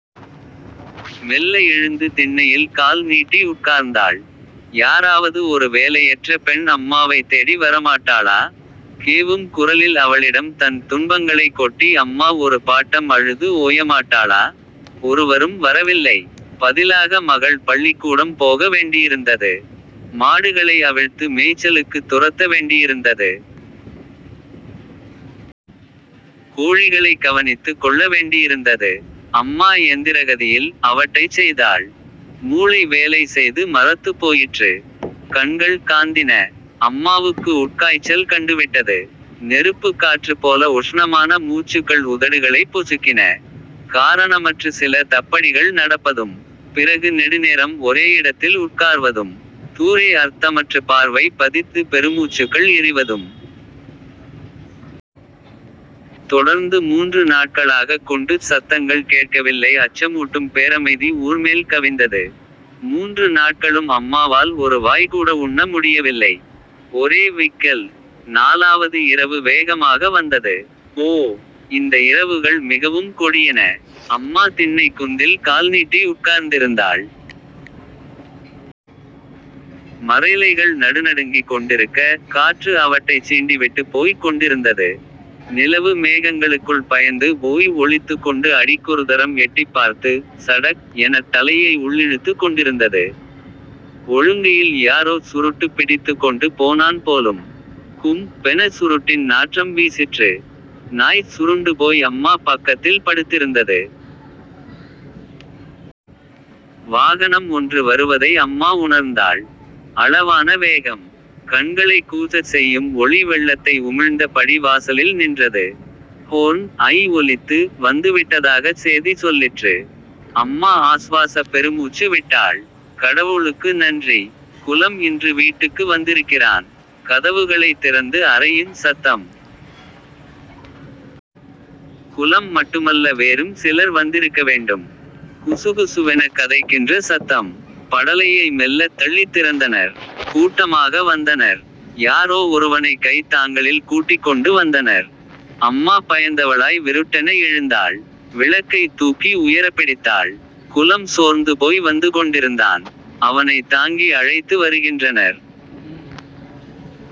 மெல்ல எழுந்து திண்ணையில் கால் நீட்டி உட்கார்ந்தாள். யாராவது ஒரு வேலையற்ற பெண் அம்மாவைத்தேடி வரமாட்டாளா? கேவும் குரலில் அவளிடம் தன் துன்பங்களைக் கொட்டி அம்மா ஒரு பாட்டம் அழுது ஓயமாட்டாளா? ஒருவரும் வரவில்லை. பதிலாக மகள் பள்ளிக்கூடம் போக வேண்டியிருந்தது. மாடுகளை அவிழ்த்து மேய்ச்சலுக்குத் துரத்த வேண்டியிருந்தது. கோழிகளைக் கவனித்துக் கொள்ள வேண்டியிருந்தது. அம்மா யந்திரகதியில், அவற்றைச் செய்தாள். மூளை வேலை செய்து மரத்துப் போயிற்று. கண்கள் காந்தின. அம்மாவுக்கு உட்காய்ச்சல் கண்டுவிட்டது. நெருப்புக் காற்றுப்போல உஷ்ணமான மூச்சுக்கள் உதடுகளைப் பொசுக்கின. காரணமற்று சில தப்படிகள் நடப்பதும்... பிறகு நெடுநேரம் ஒரேயிடத்தில் உட்கார்வதும்... தூரே அர்த்தமற்றுப் பார்வை பதித்து பெருமூச்சுக்கள் எறிவதும்... தொடர்ந்து மூன்று நாட்களாகக் குண்டுச் சத்தங்கள் கேட்கவில்லை அச்சமூட்டும் பேரமைதி ஊர்மேல் கவிந்தது. மூன்று நாட்களும் அம்மாவால் ஒரு வாய்கூட உண்ண முடியவில்லை. ஒரே விக்கல்! நாலாவது இரவு வேகமாக வந்தது. ஓ! இந்த இரவுகள் மிகவும் கொடியன. அம்மா திண்ணைக் குந்தில் கால்நீட்டி உட்கார்ந்திருந்தாள். மரஇலைகள் நடுநடுங்கிக் கொண்டிருக்க, காற்று அவற்றைச் சீண்டிவிட்டுப் போய்க் கொண்டிருந்தது. நிலவு மேகங்களுக்குள் பயந்து போய் ஒளித்துக்கொண்டு அடிக்கொருதரம் எட்டிப்பார்த்து, 'சடக்' எனத் தலையை உள்ளிழுத்துக் கொண்டிருந்தது. ஒழுங்கையில் யாரோ சுருட்டுப் பிடித்துக்கொண்டு போனான் போலும். 'கும்'பென சுருட்டின் நாற்றம் வீசிற்று. நாய் சுருண்டுபோய் அம்மா பக்கத்தில் படுத்திருந்தது. வாகனம் ஒன்று வருவதை அம்மா உணர்ந்தாள். அளவான வேகம். கண்களைக் கூசச் செய்யும் ஒளி வெள்ளத்தை உமிழ்ந்த படி வாசலில் நின்றது. 'ஹோர்ன்' ஐ ஒலித்து, வந்துவிட்டதாகச் சேதி சொல்லிற்று. அம்மா ஆசுவாசப் பெருமூச்சு விட்டாள். கடவுளுக்கு நன்றி! குலம் இன்று வீட்டுக்கு வந்திருக்கிறான்! கதவுகளைத் திறந்து அறையுஞ் சத்தம். குலம் மட்டுமல்ல வேறும் சிலர் வந்திருக்கவேண்டும். குசுகுசுவெனக் கதைக்கின்ற சத்தம். படலையை மெல்லத் தள்ளித் திறந்தனர். கூட்டமாக வந்தனர். யாரோ ஒருவனைக் கைத் தாங்களில் கூட்டிக்கொண்டு வந்தனர். அம்மா பயந்தவளாய் விருட்டென எழுந்தாள். விளக்கை தூக்கி உயரப்பிடித்தாள். குலம் சோர்ந்துபோய் வந்துகொண்டிருந்தான். அவனைத் தாங்கி அழைத்து வருகின்றனர்.